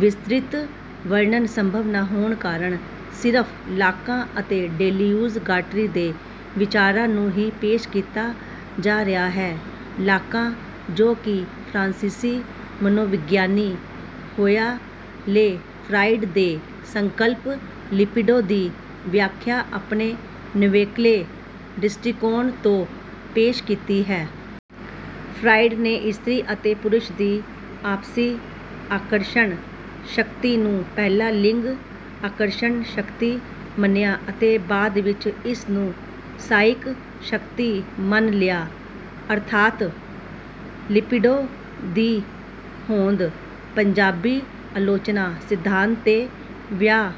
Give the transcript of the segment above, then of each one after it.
ਵਿਸਤ੍ਰਿਤ ਵਰਣਨ ਸੰਭਵ ਨਾ ਹੋਣ ਕਾਰਨ ਸਿਰਫ ਲਾਕਾਂ ਅਤੇ ਦੇਲਿਊਜ ਗਾਟਰੀ ਦੇ ਵਿਚਾਰਾਂ ਨੂੰ ਹੀ ਪੇਸ਼ ਕੀਤਾ ਜਾ ਰਿਹਾ ਹੈ। ਲਾਕਾਂ ਜੋ ਕਿ ਫਰਾਂਸੀਸੀ ਮਨੋਵਿਗਿਆਨੀ ਹੋਇਆ ਲੇ ਫਰਾਇਡ ਦੇ ਸੰਕਲਪ ਲਿਬਿਡੋ ਦੀ ਵਿਆਖਿਆ ਆਪਣੇ ਨਿਵੇਕਲੇ ਦ੍ਰਿਸ਼ਟੀਕੋਣ ਤੋਂ ਪੇਸ਼ ਕੀਤੀ ਹੈ। ਫਰਾਇਡ ਨੇ ਇਸਤਰੀ ਅਤੇ ਪੁਰਸ਼ ਦੀ ਆਪਸੀ ਆਕਰਸ਼ਣ ਸ਼ਕਤੀ ਨੂੰ ਪਹਿਲਾਂ ਲਿੰਗ ਆਕਰਸ਼ਣ ਸ਼ਕਤੀ ਮੰਨਿਆ ਅਤੇ ਬਾਅਦ ਵਿੱਚ ਇਸਨੂੰ ਸਾਇਕ ਸ਼ਕਤੀ ਮੰਨ ਲਿਆ ਅਰਥਾਤ ਲਿਬਿਡੋ ਦੀ ਹੋਂਦ। ਪੰਜਾਬੀ ਆਲੋਚਨਾ: ਸਿਧਾਂਤ ਤੇ ਵਿਹਾਰ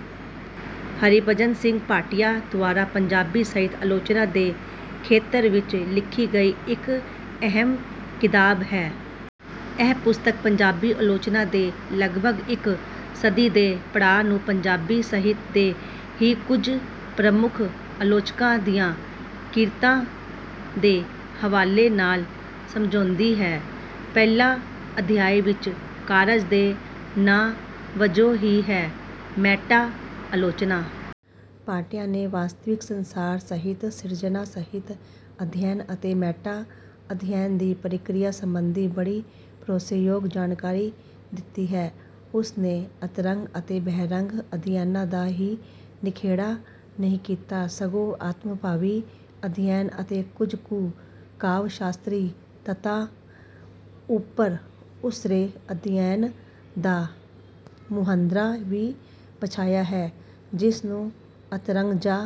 ਹਰਿਭਜਨ ਸਿੰਘ ਭਾਟੀਆ ਦੁਆਰਾ ਪੰਜਾਬੀ ਸਾਹਿਤ ਆਲੋਚਨਾ ਦੇ ਖੇਤਰ ਵਿੱਚ ਲਿਖੀ ਗਈ ਇੱਕ ਅਹਿਮ ਕਿਤਾਬ ਹੈ। ਇਹ ਪੁਸਤਕ ਪੰਜਾਬੀ ਆਲੋਚਨਾ ਦੇ ਲਗਭਗ ਇੱਕ ਸਦੀ ਦੇ ਪੜਾਅ ਨੂੰ ਪੰਜਾਬੀ ਸਾਹਿਤ ਦੇ ਹੀ ਕੁਝ ਪ੍ਰਮੁੱਖ ਆਲੋਚਕਾਂ ਦੀਆਂ ਕਿਰਤਾਂ ਦੇ ਹਵਾਲੇ ਨਾਲ ਸਮਝਾਉਂਦੀ ਹੈ। ਪਹਿਲਾ ਅਧਿਆਏ ਇਸ ਕਾਰਜ ਦੇ ਨਾਂ ਵਜੋਂ ਹੀ ਹੈ: ਮੈਟਾ ਆਲੋਚਨਾ। ਭਾਟੀਆ ਨੇ ਵਾਸਤਵਿਕ ਸੰਸਾਰ, ਸਾਹਿਤ ਸਿਰਜਣਾ, ਸਾਹਿਤ ਅਧਿਐਨ ਅਤੇ ਮੈਟਾ ਅਧਿਐਨ ਦੀ ਪ੍ਰਕਿਰਿਆ ਸੰਬੰਧੀ ਬੜੀ ਭਰੋਸੇਯੋਗ ਜਾਣਕਾਰੀ ਦਿੱਤੀ ਹੈ। ਉਸਨੇ ਅੰਤਰੰਗ ਅਤੇ ਬਹਿਰੰਗ ਅਧਿਐਨਾਂ ਦਾ ਹੀ ਨਿਖੇੜਾ ਨਹੀਂ ਕੀਤਾ, ਸਗੋਂ ਆਤਮਭਾਵੀ ਅਧਿਐਨ ਅਤੇ ਕੁਝ ਕੁ ਕਾਵਿ-ਸ਼ਾਸਤਰੀ ਤਤਾਂ ਉੱਪਰ ਉਸਰੇ ਅਧਿਐਨ ਦਾ ਮੁਹਾਂਦਰਾ ਵੀ ਪਛਾਣਿਆ ਹੈ ਜਿਸ ਨੂੰ ਅੰਤਰੰਗ ਜਾਂ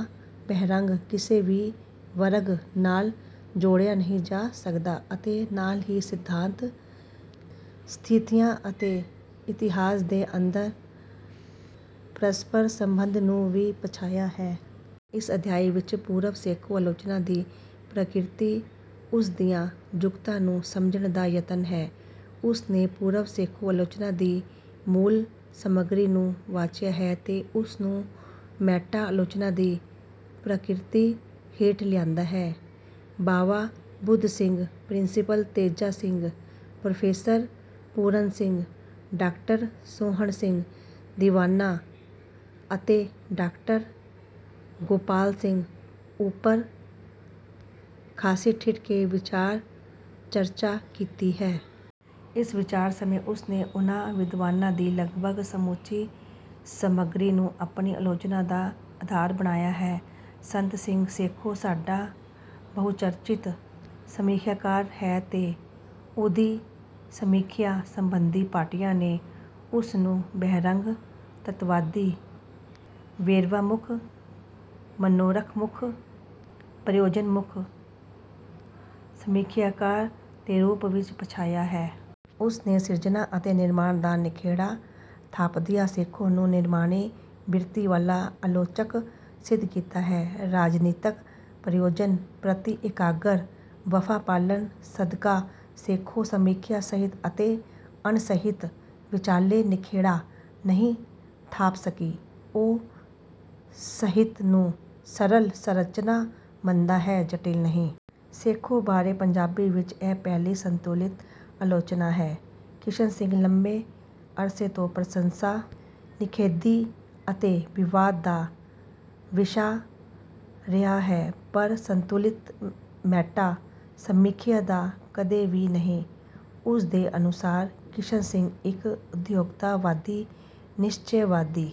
ਬਹਿਰੰਗ ਕਿਸੇ ਵੀ ਵਰਗ ਨਾਲ ਜੋੜਿਆ ਨਹੀਂ ਜਾ ਸਕਦਾ ਅਤੇ ਨਾਲ ਹੀ ਸਿਧਾਂਤ, ਸਮੀਖਿਆ ਅਤੇ ਇਤਿਹਾਸ ਦੇ ਅੰਤਰ ਪ੍ਰਸਪਰ ਸੰਬੰਧ ਨੂੰ ਵੀ ਪਛਾਣਿਆ ਹੈ। ਇਸ ਅਧਿਆਏ ਵਿੱਚ ਪੂਰਵ-ਸੇਖੋਂ ਆਲੋਚਨਾ ਦੀ ਪ੍ਰਕਿਰਤੀ, ਉਸਦੀਆਂ ਜੁਗਤਾਂ ਨੂੰ ਸਮਝਣ ਦਾ ਯਤਨ ਹੈ। ਉਸਨੇ ਪੂਰਵ-ਸੇਖੋਂ ਆਲੋਚਨਾ ਦੀ ਮੂਲ ਸਮੱਗਰੀ ਨੂੰ ਵਾਚਿਆ ਹੈ ਤੇ ਉਸਨੂੰ ਮੈਟਾ ਆਲੋਚਨਾ ਦੀ ਪ੍ਰਕਿਰਤੀ ਹੇਠ ਲਿਆਂਦਾ ਹੈ। Bawa Budh Singh, principal Teja Singh, professor Puran Singh, doctor Mohan Singh Diwana ਅਤੇ ਡਾਕਟਰ ਗੋਪਾਲ ਸਿੰਘ ਉੱਪਰ ਖਾਸੀ ਠਿਠ ਕੇ ਵਿਚਾਰ ਚਰਚਾ ਕੀਤੀ ਹੈ। ਇਸ ਵਿਚਾਰ ਸਮੇਂ ਉਸਨੇ ਉਹਨਾਂ ਵਿਦਵਾਨਾਂ ਦੀ ਲਗਭਗ ਸਮੁੱਚੀ ਸਮੱਗਰੀ ਨੂੰ ਆਪਣੀ ਆਲੋਚਨਾ ਦਾ ਆਧਾਰ ਬਣਾਇਆ ਹੈ। ਸੰਤ ਸਿੰਘ ਸੇਖੋਂ ਸਾਡਾ ਬਹੁਚਰਚਿਤ ਸਮੀਖਿਆਕਾਰ ਹੈ ਤੇ ਉਹਦੀ ਸਮੀਖਿਆ ਸੰਬੰਧੀ ਭਾਟੀਆ ਨੇ ਉਸਨੂੰ ਬਹਿਰੰਗ, ਤੱਤਵਾਦੀ, ਵੇਰਵਾਮੁੱਖ, ਮਨੋਰਥਮੁੱਖ, ਪ੍ਰਯੋਜਨਮੁੱਖ ਸਮੀਖਿਆਕਾਰ ਦੇ ਰੂਪ ਵਿੱਚ ਪਛਾਣਿਆ ਹੈ। ਉਸਨੇ ਸਿਰਜਣਾ ਅਤੇ ਨਿਰਮਾਣ ਦਾ ਨਿਖੇੜਾ ਥਾਪਦਿਆਂ ਸੇਖੋਂ ਨੂੰ ਨਿਰਮਾਣੀ ਬਿਰਤੀ ਵਾਲਾ ਆਲੋਚਕ ਸਿੱਧ ਕੀਤਾ ਹੈ। ਰਾਜਨੀਤਕ ਪ੍ਰਯੋਜਨ ਪ੍ਰਤੀ ਇਕਾਗਰ ਵਫ਼ਾ ਪਾਲਣ ਸਦਕਾ ਸੇਖੋਂ ਸਮੀਖਿਆ ਸਾਹਿਤ ਅਤੇ ਅਣਸਾਹਿਤ ਵਿੱਚਾਲੇ ਨਿਖੇੜਾ ਨਹੀਂ ਥਾਪ ਸਕੀ, ਉਹ ਸਾਹਿਤ ਨੂੰ ਸਰਲ ਸਰੰਚਨਾ ਮੰਨਦਾ ਹੈ, ਜਟਿਲ ਨਹੀਂ। ਸੇਖੋਂ ਬਾਰੇ ਪੰਜਾਬੀ ਵਿੱਚ ਇਹ ਪਹਿਲੀ ਸੰਤੁਲਿਤ ਆਲੋਚਨਾ ਹੈ। ਕਿਸ਼ਨ ਸਿੰਘ ਲੰਮੇ ਅਰਸੇ ਤੋਂ ਪ੍ਰਸੰਸਾ, ਨਿਖੇਧੀ ਅਤੇ ਵਿਵਾਦ ਦਾ ਵਿਸ਼ਾ ਰਿਹਾ ਹੈ ਪਰ ਸੰਤੁਲਿਤ ਮੈਟਾ ਸਮੀਖਿਆ ਦਾ ਕਦੇ ਵੀ ਨਹੀਂ। ਉਸਦੇ ਅਨੁਸਾਰ ਕਿਸ਼ਨ ਸਿੰਘ ਇੱਕ ਉਪਭੋਗਤਾਵਾਦੀ, ਨਿਸ਼ਚੇਵਾਦੀ